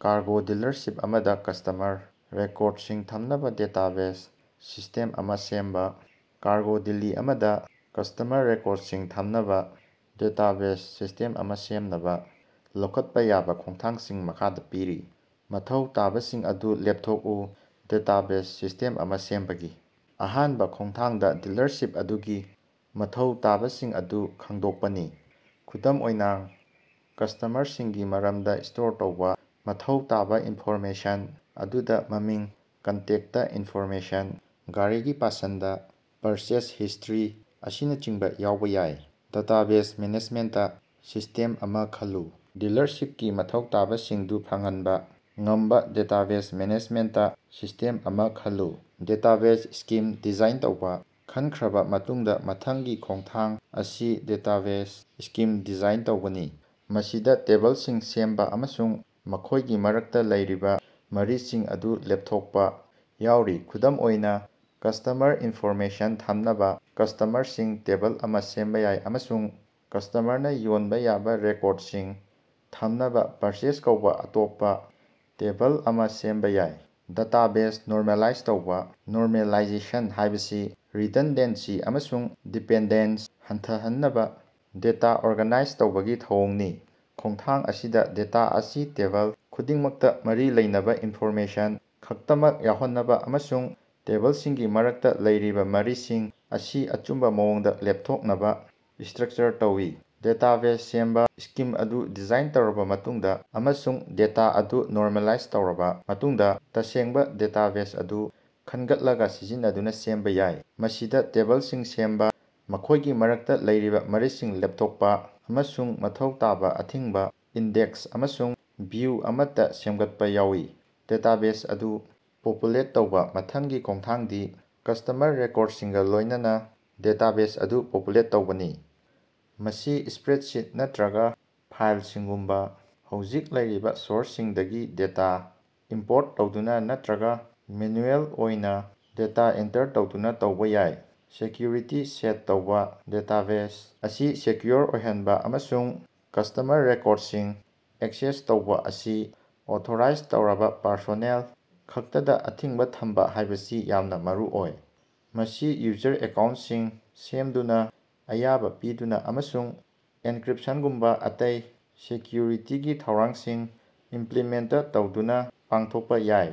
Cargo dealership ꯑꯃꯗ customer ꯔꯦꯀꯣꯔꯗꯁꯤꯡ ꯊꯝꯅꯕ ꯗꯦꯇꯥꯕꯦꯖ ꯁꯤꯁꯇꯦꯝ ꯑꯃ ꯁꯦꯝꯕ꯫ ꯀꯥꯔꯒꯣ ꯗꯤꯜꯂꯤ ꯑꯃꯗ ꯀꯁꯇꯃꯔ ꯔꯦꯀꯣꯔꯗꯁꯤꯡ ꯊꯝꯅꯕ ꯗꯦꯇꯥꯕꯦꯖ ꯁꯤꯁ꯭ꯇꯦꯝ ꯑꯃ ꯁꯦꯝꯅꯕ ꯂꯧꯈꯠꯄ ꯌꯥꯕ ꯈꯣꯡꯊꯥꯡꯁꯤꯡ ꯃꯈꯥꯗ ꯄꯤꯔꯤ: ꯃꯊꯧ ꯇꯥꯕꯁꯤꯡ ꯑꯗꯨ ꯂꯦꯞꯊꯣꯛꯎ: ꯗꯦꯇꯥꯕꯦꯖ ꯁꯤꯁꯇꯦꯝ ꯑꯃ ꯁꯦꯝꯕꯒꯤ ꯑꯍꯥꯟꯕ ꯈꯣꯡꯊꯥꯡꯗꯤ ꯗꯤꯂꯔꯁꯤꯞ ꯑꯗꯨꯒꯤ ꯃꯊꯧ ꯇꯥꯕꯁꯤꯡ ꯑꯗꯨ ꯈꯪꯗꯣꯛꯄꯅꯤ꯫ ꯈꯨꯗꯝ ꯑꯣꯏꯅꯥꯡ, ꯀꯁꯇꯃꯔꯁꯤꯡꯒꯤ ꯃꯔꯝꯗ ꯁ꯭ꯇꯣꯔ ꯇꯧꯕ ꯃꯊꯧ ꯇꯥꯕ ꯏꯟꯐꯣꯔꯃꯦꯁꯟ ꯑꯗꯨꯗ ꯃꯃꯤꯡ, ꯀꯟꯇꯦꯛꯇ ꯏꯟꯐꯣꯔꯃꯦꯁꯟ, ꯒꯥꯔꯤꯒꯤ ꯄꯁꯟꯗ, ꯄꯔꯆꯦꯖ ꯍꯤꯁꯇꯔꯤ, ꯑꯁꯤꯅꯆꯤꯡꯕ ꯌꯥꯎꯕ ꯌꯥꯏ꯫ ꯗꯦꯇꯥꯕꯦꯖ ꯃꯦꯅꯦꯖꯃꯦꯟꯇ ꯁꯤꯁꯇꯦꯝ ꯑꯃ ꯈꯜꯂꯨ: ꯗꯤꯂꯔꯁꯤꯞꯀꯤ ꯃꯊꯧ ꯇꯥꯕꯁꯤꯡꯗꯨ ꯐꯪꯍꯟꯕ ꯉꯝꯕ ꯗꯦꯇꯥꯕꯦꯖ ꯃꯦꯅꯦꯖꯃꯦꯟꯇ ꯁꯤꯁꯇꯦꯝ ꯑꯃ ꯈꯜꯂꯨ꯫ ꯗꯦꯇꯥꯕꯦꯖ ꯁ꯭ꯀꯤꯝ ꯗꯤꯖꯥꯏꯟ ꯇꯧꯕ: ꯈꯟꯈ꯭ꯔꯕ ꯃꯇꯨꯡꯗ ꯃꯊꯪꯒꯤ ꯈꯣꯡꯊꯥꯡ ꯑꯁꯤ ꯗꯦꯇꯥꯕꯦꯖ ꯁ꯭ꯀꯤꯝ ꯗꯤꯖꯥꯏꯟ ꯇꯧꯕꯅꯤ꯫ ꯃꯁꯤꯗ ꯇꯦꯕꯜꯁꯤꯡ ꯁꯦꯝꯕ ꯑꯃꯁꯨꯡ ꯃꯈꯣꯏꯒꯤ ꯃꯔꯛꯇ ꯂꯩꯔꯤꯕ ꯃꯔꯤꯁꯤꯡ ꯑꯗꯨ ꯂꯦꯞꯊꯣꯛꯄ ꯌꯥꯎꯔꯤ꯫ ꯈꯨꯗꯝ ꯑꯣꯏꯅ, ꯀꯁꯇꯃꯔ ꯏꯟꯐꯣꯔꯃꯦꯁꯟ ꯊꯝꯅꯕ ꯀꯁꯇꯃꯔꯁꯤꯡ ꯇꯦꯕꯜ ꯑꯃ ꯁꯦꯝꯕ ꯌꯥꯏ, ꯑꯃꯁꯨꯡ ꯀꯁꯇꯃꯔꯅ ꯌꯣꯟꯕ ꯌꯥꯕ ꯔꯦꯀꯣꯔꯗꯁꯤꯡ ꯊꯝꯅꯕ ꯄꯔꯆꯦꯖ ꯀꯧꯕ ꯑꯇꯣꯞꯄ ꯇꯦꯕꯜ ꯑꯃ ꯁꯦꯝꯕ ꯌꯥꯏ꯫ ꯗꯥꯇꯥꯕꯦꯖ ꯅꯣꯔꯃꯦꯂꯥꯏꯖ ꯇꯧꯕ: ꯅꯣꯔꯃꯦꯂꯥꯏꯖꯦꯁꯟ ꯍꯥꯏꯕꯁꯤ ꯔꯤꯗꯟꯗꯦꯟꯁꯤ ꯑꯃꯁꯨꯡ ꯗꯤꯄꯦꯟꯗꯦꯟꯁ ꯍꯟꯊꯍꯟꯅꯕ ꯗꯦꯇꯥ ꯑꯣꯔꯒꯅꯥꯏꯖ ꯇꯧꯕꯒꯤ ꯊꯧꯑꯣꯡꯅꯤ꯫ ꯈꯣꯡꯊꯥꯡ ꯑꯁꯤꯗꯥ, ꯗꯦꯇꯥ ꯑꯁꯤ ꯇꯦꯕꯜ ꯈꯨꯗꯤꯡꯃꯛꯇꯥ ꯃꯔꯤ ꯂꯩꯅꯕ ꯏꯟꯐꯣꯔꯃꯦꯁꯟ ꯈꯛꯇꯃꯛ ꯌꯥꯎꯍꯟꯅꯕ ꯑꯃꯁꯨꯡ ꯇꯦꯕꯜꯁꯤꯡꯒꯤ ꯃꯔꯛꯇ ꯂꯩꯔꯤꯕ ꯃꯔꯤꯁꯤꯡ ꯑꯁꯤ ꯑꯆꯨꯝꯕ ꯃꯑꯣꯡꯗ ꯂꯦꯞꯊꯣꯛꯅꯕ ꯁ꯭ꯇꯔꯛꯆꯔ ꯇꯧꯏ꯫ ꯗꯦꯇꯥꯕꯦꯖ ꯁꯦꯝꯕ: ꯁ꯭ꯀꯤꯝ ꯑꯗꯨ ꯗꯤꯖꯥꯏꯟ ꯇꯧꯔꯕ ꯃꯇꯨꯡꯗ ꯑꯃꯁꯨꯡ ꯗꯦꯇꯥ ꯑꯗꯨ ꯅꯣꯔꯃꯦꯂꯥꯏꯖ ꯇꯧꯔꯕ ꯃꯇꯨꯡꯗ, ꯇꯁꯦꯡꯕ ꯗꯦꯇꯥꯕꯦꯖ ꯑꯗꯨ ꯈꯟꯒꯠꯂꯒ ꯁꯤꯖꯤꯟꯅꯗꯨꯅ ꯁꯦꯝꯕ ꯌꯥꯏ꯫ ꯃꯁꯤꯗ ꯇꯦꯕꯜꯁꯤꯡ ꯁꯦꯝꯕ, ꯃꯈꯣꯏꯒꯤ ꯃꯔꯛꯇ ꯂꯩꯔꯤꯕ ꯃꯔꯤꯁꯤꯡ ꯂꯦꯞꯊꯣꯛꯄ, ꯑꯃꯁꯨꯡ ꯃꯊꯧ ꯇꯥꯕ ꯑꯊꯤꯡꯕ ꯏꯟꯗꯦꯛꯁ ꯑꯃꯁꯨꯡ ꯚꯤꯎ ꯑꯃꯠꯇ ꯁꯦꯝꯒꯠꯄ ꯌꯥꯎꯏ꯫ ꯗꯦꯇꯥꯕꯦꯖ ꯑꯗꯨ ꯄꯣꯄꯨꯂꯦꯠ ꯇꯧꯕ: ꯃꯊꯪꯒꯤ ꯈꯣꯡꯊꯥꯡꯗꯤ ꯀꯁꯇꯃꯔ ꯔꯦꯀꯣꯔꯗꯁꯤꯡꯒꯥ ꯂꯣꯌꯅꯅꯥ ꯗꯦꯇꯥꯕꯦꯖ ꯑꯗꯨ ꯄꯣꯄꯨꯂꯦꯠ ꯇꯧꯕꯅꯤ꯫ ꯃꯁꯤ ꯁ꯭ꯄꯔꯦꯗꯁꯤꯠ ꯅꯠꯇ꯭ꯔꯒ ꯐꯥꯏꯜꯁꯤꯡꯒꯨꯝꯕ ꯍꯧꯖꯤꯛ ꯂꯩꯔꯤꯕ ꯁꯣꯔꯁꯁꯤꯡꯗꯒꯤ ꯗꯦꯇꯥ ꯏꯝꯄꯣꯔꯠ ꯇꯧꯗꯨꯅ ꯅꯠꯇ꯭ꯔꯒ ꯃꯦꯅꯨꯑꯦꯜ ꯑꯣꯏꯅ ꯗꯦꯇꯥ ꯑꯦꯟꯇꯔ ꯇꯧꯗꯨꯅ ꯇꯧꯕ ꯌꯥꯏ꯫ ꯁꯦꯀ꯭ꯌꯨꯔꯤꯇꯤ ꯁꯦꯠ ꯇꯧꯕ: ꯗꯦꯇꯥꯕꯦꯖ ꯑꯁꯤ ꯁꯦꯀ꯭ꯌꯨꯑꯣꯔ ꯑꯣꯏꯍꯟꯕ ꯑꯃꯁꯨꯡ ꯀꯁꯇꯃꯔ ꯔꯦꯀꯣꯔꯗꯁꯤꯡ ꯑꯦꯛꯁꯦꯁ ꯇꯧꯕ ꯑꯁꯤ ꯑꯣꯊꯣꯔꯥꯏꯖ ꯇꯧꯔꯕ ꯄꯔꯁꯣꯅꯦꯜ ꯈꯛꯇꯗ ꯑꯊꯤꯡꯕ ꯊꯝꯕ ꯍꯥꯏꯕꯁꯤ ꯌꯥꯝꯅ ꯃꯔꯨꯑꯣꯏ꯫ ꯃꯁꯤ ꯌꯨꯖꯔ ꯑꯦꯀꯥꯎꯟꯇꯁꯤꯡ ꯁꯦꯝꯗꯨꯅ, ꯑꯌꯥꯕ ꯄꯤꯗꯨꯅ, ꯑꯃꯁꯨꯡ ꯑꯦꯟꯀ꯭ꯔꯤꯞꯁꯟꯒꯨꯝꯕ ꯑꯇꯩ ꯁꯦꯀ꯭ꯌꯨꯔꯤꯇꯤꯒꯤ ꯊꯧꯔꯥꯡꯁꯤꯡ ꯏꯝꯄ꯭ꯂꯤꯃꯦꯟꯇ ꯇꯧꯗꯨꯅ ꯄꯥꯡꯊꯣꯛꯄ ꯌꯥꯏ꯫